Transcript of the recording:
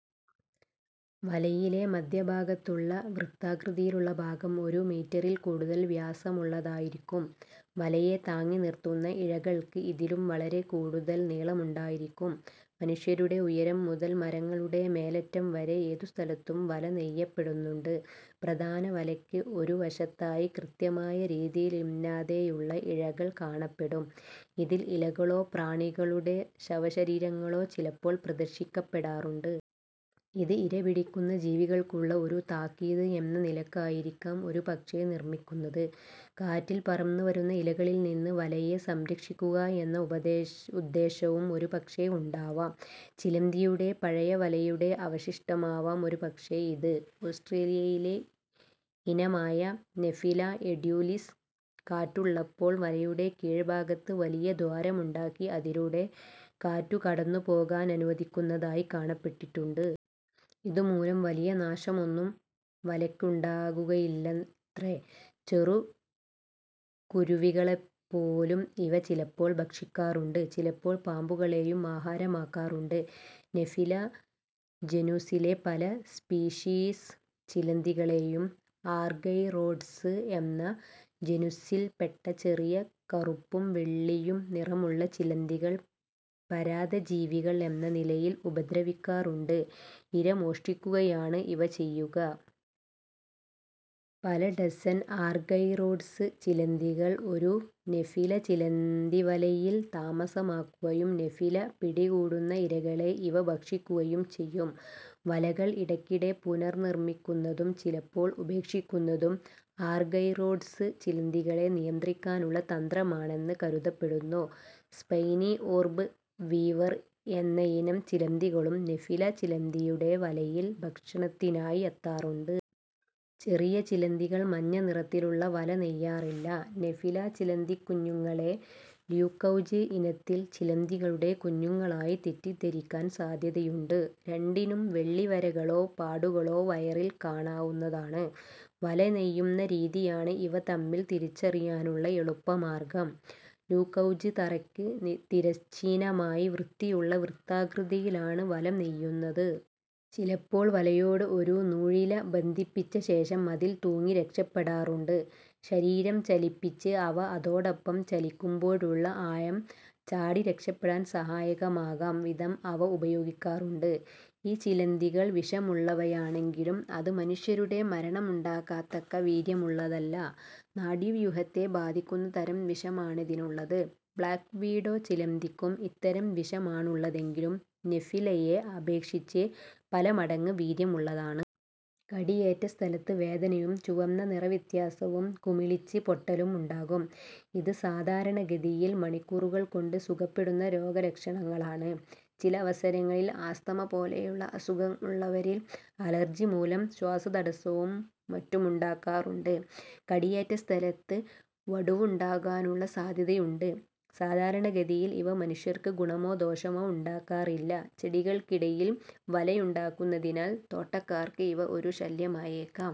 വലയിലെ മദ്ധ്യഭാഗത്തുള്ള വൃത്താകൃതിയിലുള്ള ഭാഗം ഒരു മീറ്ററിൽ കൂടുതൽ വ്യാസമുള്ളതായിരിക്കും. വലയെ താങ്ങി നിർത്തുന്ന ഇഴകൾക്ക് ഇതിലും വളരെക്കൂടുതൽ നീളമുണ്ടായിരിക്കും. മനുഷ്യരുടെ ഉയരം മുതൽ മരങ്ങളുടെ മേലറ്റം വരെ ഏതുസ്ഥലത്തും വല നെയ്യപ്പെടാറുണ്ട്. പ്രധാന വലയ്ക്ക് ഒരു വശത്തായി കൃത്യമായ രീതിയിലല്ലാതെയുള്ള ഇഴകൾ കാണപ്പെടും. ഇതിൽ ഇലകളോ പ്രാണികളുടെ ശവശരീരങ്ങളോ ചിലപ്പോൾ പ്രദർശിപ്പിക്കപ്പെടാറുണ്ട്. ഇത് ഇരപിടിക്കുന്ന ജീവികൾക്കുള്ള ഒരു താക്കീത് എന്ന നിലയ്ക്കായിരിക്കാം ഒരുപക്ഷേ നിർമ്മിക്കുന്നത്. കാറ്റിൽ പറന്നുവരുന്ന ഇലകളിൽ നിന്ന് വലയെ സംരക്ഷിക്കുക എന്ന ഉദ്ദേശവും ഒരുപക്ഷേ ഉണ്ടാവാം. ചിലന്തിയുടെ പഴയ വലയുടെ അവശിഷ്ടമാവാം ഒരുപക്ഷേ ഇത്. ഓസ്ട്രേലിയയിലെ ഇനമായ നെഫില എഡൂലിസ് കാറ്റുള്ളപ്പോൾ വലയുടെ കീഴ് ഭാഗത്ത് വലിയ ദ്വാരമുണ്ടാക്കി അതിലൂടെ കാറ്റു കടന്നുപോകാനനുവദിക്കുന്നതായി കാണപ്പെട്ടിട്ടുണ്ട്. ഇതുമൂലം വലിയ നാശമൊന്നും വലയ്ക്കുണ്ടാവുകയില്ലത്രേ. ചെറു കുരുവികളെപ്പോലും ഇവ ചിലപ്പോൾ ഭക്ഷിക്കാറുണ്ട്. ചിലപ്പോൾ പാമ്പുകളെയും ആഹാരമാക്കാറുണ്ട്. നെഫില ജനുസിലെ പല സ്പീഷീസ് ചിലന്തികളെയും ആർഗൈറോഡ്സ് എന്ന ജനുസ്സിൽ പെട്ട ചെറിയ കറുപ്പും വെള്ളിയും നിറമുള്ള ചിലന്തികൾ പരാദജീവികൾ എന്ന നിലയിൽ ഉപദ്രവിക്കാറുണ്ട്. ഇര മോഷ്ടിക്കുകയാണ് ഇവ ചെയ്യുക. പല ഡസൻ ആർഗൈറോഡ്സ് ചിലന്തികൾ ഒരു നെഫില ചിലന്തിവലയിൽ താമസമാക്കുകയും നെഫില പിടികൂടുന്ന ഇരകളെ ഇവ ഭക്ഷിക്കുകയും ചെയ്യും. വലകൾ ഇടയ്ക്കിടെ പുനർനിർമ്മിക്കുന്നതും ചിലപ്പോൾ ഉപേക്ഷിക്കുന്നതും ആർഗൈറോഡ്സ് ചിലന്തികളെ നിയന്ത്രിക്കാനുള്ള തന്ത്രമാണെന്ന് കരുതപ്പെടുന്നു. സ്പൈനി ഓർബ് വീവർ എന്നയിനം ചിലന്തികളും നെഫില ചിലന്തിയുടെ വലയിൽ ഭക്ഷണത്തിനായി എത്താറുണ്ട്. ചെറിയ ചിലന്തികൾ മഞ്ഞ നിറത്തിലുള്ള വല നെയ്യാറില്ല. നെഫില ചിലന്തിക്കുഞ്ഞുങ്ങളെ ല്യൂകൗജ് ഇനത്തിലെ ചിലന്തികളുടെ കുഞ്ഞുങ്ങളായി തെറ്റിദ്ധരിക്കാൻ സാദ്ധ്യതയുണ്ട്. രണ്ടിനും വെള്ളി വരകളോ പാടുകളോ വയറിൽ കാണാവുന്നതാണ്. വല നെയ്യുന്ന രീതിയാണ് ഇവ തമ്മിൽ തിരിച്ചറിയാനുള്ള എളുപ്പ മാർഗ്ഗം. ല്യൂകൗജ് തറയ്ക്ക് തിരശ്ചീനമായി വൃത്തിയുള്ള വൃത്താകൃതിയിലാണ് വല നെയ്യുന്നത്. ചിലപ്പോൾ വലയോട് ഒരു നൂലിഴ ബന്ധിപ്പിച്ച ശേഷം അതിൽ തൂങ്ങി രക്ഷപ്പെടാറുണ്ട്. ശരീരം ചലിപ്പിച്ച് വല അതോടൊപ്പം ചലിക്കുമ്പോഴുള്ള ആയം ചാടി രക്ഷപ്പെടാൻ സഹായകമാം വിധം ഇവ ഉപയോഗിക്കാറുണ്ട്. ഈ ചിലന്തികൾ വിഷമുള്ളവയാണെങ്കിലും അത് മനുഷ്യരുടെ മരണമുണ്ടാക്കത്തക്ക വീര്യമുള്ളതല്ല. നാടീവ്യൂഹത്തെ ബാധിക്കുന്ന തരം വിഷമാണിതിനുള്ളത്. ബ്ലാക്ക് വിഡോ ചിലന്തിക്കും ഇത്തരം വിഷമാണുള്ളതെങ്കിലും നെഫിലയെ അപേക്ഷിച്ച് പല മടങ്ങ് വീര്യമുള്ളതാണ്. കടിയേറ്റ സ്ഥലത്ത് വേദനയും ചുവന്ന നിറവ്യത്യാസവും കുമിളിച്ച് പൊട്ടലും ഉണ്ടാകും. ഇത് സാധാരണഗതിയിൽ മണിക്കൂറുകൾ കൊണ്ട് സുഖപ്പെടുന്ന രോഗലക്ഷണങ്ങളാണ്. ചില അവസരങ്ങളിൽ ആസ്തമ പോലെയുള്ള അസുഖങ്ങളുള്ളവരിൽ അലർജി മൂലം ശ്വാസതടസ്സവും മറ്റുമുണ്ടാകാറുണ്ട്. കടിയേറ്റസ്ഥലത്ത് വടുവുണ്ടാകാനുള്ള സാദ്ധ്യതയുമുണ്ട്. സാധാരണഗതിയിൽ ഇവ മനുഷ്യർക്ക് ഗുണമോ ദോഷമോ ഉണ്ടാക്കാറില്ല. ചെടികൾക്കിടയിൽ വലയുണ്ടാക്കുന്നതിനാൽ തോട്ടക്കാർക്ക് ഇവ ഒരു ശല്യമായേക്കാം.